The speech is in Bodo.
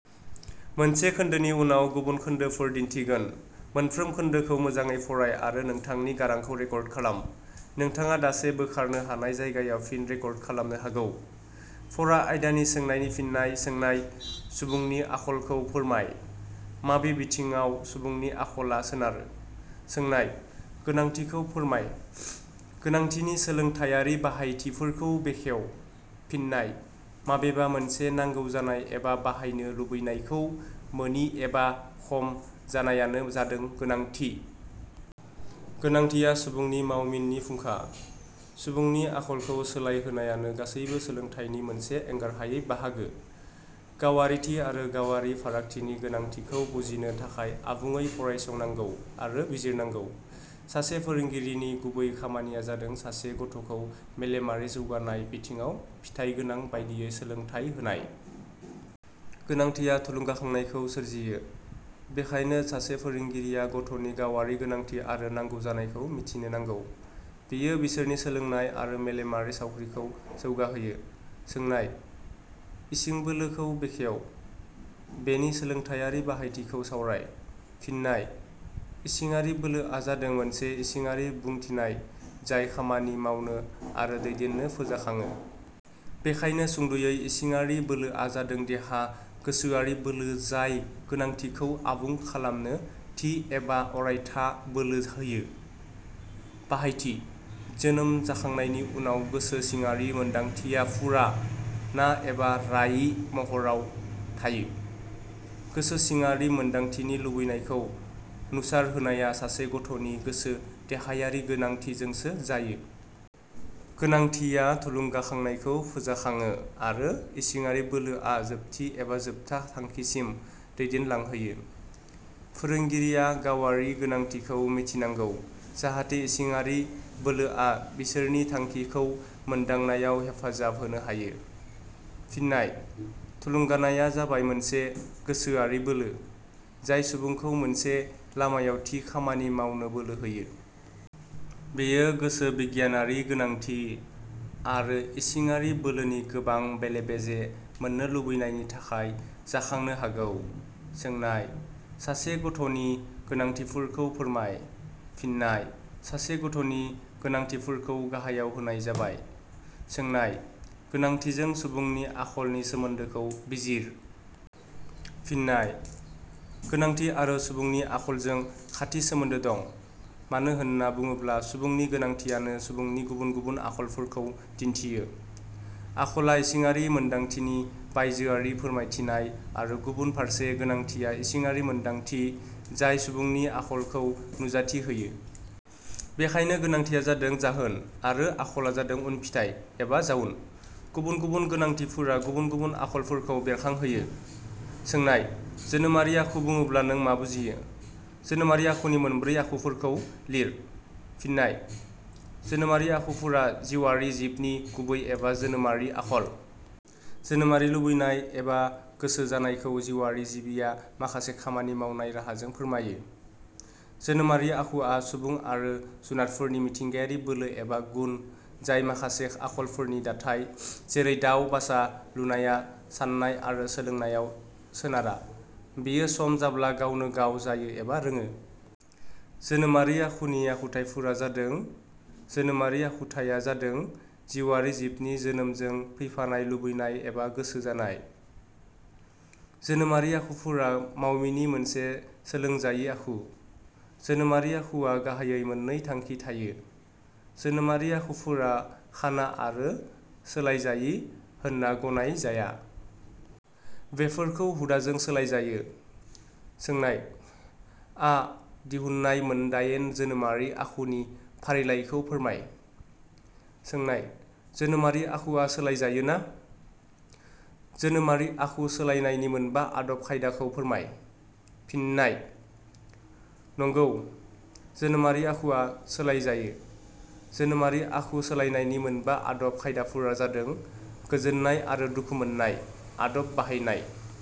फरा आयदानि सोंनायनि फिननाय सोंनाय-. सुबुंनि आखलखौ फोरमाय। माबे बिथिंङाव सुबुंनि आखला सोनारो? सोंनाय-. गोनांथिखौ फोरमाय। गोनांथिनि सोलोंथाइयारि बाहायथिफोरखौ बेखेव। फिननाय: माबेबा मोनसे नांगौ जानाय एबा बाहायनो लुबैनायखौ मोनि एबा खम जानायानो जादों गोनांथि। गोनांथिया सुबुंनि मावमिननि फुंखा। सुबुंनि आखलखौ सोलायहोनायानो गासैबो सोलोंथाइनि मोनसे एंगारहायै बाहागो। गावारिथि आरो गावारि फारागथिनि गोनांथिखौ बुजिनो थाखाय आबुंङै फरायसंनांगौ आरो बिजिरनांगौ। सासे फोरोंगिरिनि गुबै खामानिया जादों सासे ग'थ'खौ मेलेमारि जौगानाय बिथिङाव फिथाइगोनां बायदियै सोलोंथाइ होनाय। गोनांथिया थुलुंगाखांनायखौ सोरजियो, बेखायनो सासे फोरोंगिरिया गथ'नि गावारि गोनांथि आरो नांगौ जानायखौ मिथिनो नांगौ। बेयो बिसोरनि सोलोंनाय आरो मेलेमारि साउख्रिखौ जौगाहोयो। सोंनाय –. इसिंबोलो खौ बेखेव। बेनि सोलोंथाइयारि बाहायथिखौ सावराय। फिननाय: इसिङारि बोलोआ जादों मोनसे इसिङारि बुंथिनाय जाय खामानि मावनो आरो दैदेननो फोजाखाङो। बेखायनो सुंद'यै इसिङारि बोलोआ जादों देहा गोसोयारि बोलो जाय गोनांथिखौ आबुं खालामनो थि एबा अरायथा बोलो होयो? बाहायथि: जोनोम जाखांनायनि उनाव गोसो सिङारि मोनदांथिया फुरा ना एबा रायि महराव थायो। गोसो सिङारि मोनदांथिनि लुबैनायखौ नुसारहोनाया सासे गथ'नि गोसो देहायारि गोनांथिजोंसो जायो। गोनांथिया थुलुंगाखांनायखौ फोजाखाङो आरो इसिङारि बोलोआ जोबथि एबा जोबथा थांखिसिम दैदेन लांहोयो। फोरोंगिरिया गावारि गोनांथिखौ मिथिनांगौ जाहाथे इसिडारि बोलोआ बिसोरनि थांखिखौ मोनदांनायाव हेफाजाब होनो हायो। फिननाय: थुलुंगानाया जाबाय मोनसे गोसोयारि बोलो- जाय सुबुंखौ मोनसे लामायाव थि खामानि मावनो बोलो होयो। बेयो गोसोबिगियानारि गोनांथि आरो इसिङारि बोलोनि गोबां बेले बेजे मोननो लुबैनायनि थाखाय जाखांनो हागौ। सोंनाय –. सासे गथ नि गोनांथिफोरखौ फोरमाय। फिननाय: सासे गथ'नि गोनांथिफोरखौ गाहायाव होनाय जाबाय- सोंनाय –. गोनांथिजों सुबुंनि आखलनि सोमोन्दोखौ बिजिर। फिन्नाय: गोनांथि आरो सुबुंनि आखलजों खाथि सोमोन्दो दं, मानो होनना बुडोब्ला सुबुनि गोनांथियानो सुबुंनि गुबुन गुबुन आखलफोरखौ दिन्थियो। ' आखला इसिडारि मोनदांथिनि बायजोआरि फोरमायथिनाय आरो गुबुन फारसे गोनांथिया इसिङारि मोनदांथि, जाय सुबुंनि आखलखौ नुजाथि होयो। बेखायनो गोनांथिया जादों जाहोन आरो आखला जादों उनफिथाइ एबा जाउन। गुबुन गुबुन गोनांथिफोरा गुबुन गुबुन आखलफोरखौ बेरखांहोयो। सोंनाय-. जोनोमारि आखु बुडोब्ला नों मा बुजियो? जोनोमारि आखुनि मोनब्रै आखुफोरखौ लिर। फिन्नाय: जोनोमारि आखुफोरा जिवारि जिबनि गुबै एबा जोनोमारि आखल। जोनोमारि लुबैनाय एबा गोसो जानायखौ जिवारि जिबिया माखासे खामानि मावनाय राहाजों फोरमायो। जोनोमारि आखुआ सुबुं आरो जुनादफोरनि मिथिंगायारि बोलो एबा गुन, जाय माखासे आखलफोरनि दाथाय, जेरै दाव बासा लुनाया साननाय आरो सोलोंनायाव सोनारा बेयो सम जाब्ला गावनो गाव जायो एबा रोङो। जोनोमारि आखुनि आखुथाइफोरा जादों जोनोमारि आखुथाइया जादों जिवारि जिबनि जोनोमजों फैफानाय लुबैनाय एबा गोसो जानाय। जोनोमारि आखुफोरा मावमिनि मोनसे सोलोंजायि आखु। जोनोमारि आखुवा गाहाइयै मोननै थांखि थायो। जोनोमारि आखुफोरा खाना आरो सोलायजायि होनना ग'नाय जाया। बेफोरखौ हुदाजों सोलाय जायो। सोंनाय-.. आ दिहुननाय मोनडाइन जोनोमारि आखुनि फारिलाइखौ फोरमाय। सोंनाय –. जोनोमारि आखुआ सोलाय जायोना? जोनोमारि आखु सोलायनायनि मोनबा आदब खायदाखौ फोरमाय। फिन्नाय: नंगौ, जोनोमारि आखुआ सोलायजायो। जोनोमारि आखु सोलायनायनि मोनबा आदब खायदाफोरा जादों गोजोन्नाय आरो दुखु मोन्नाय आदब बाहायनाय।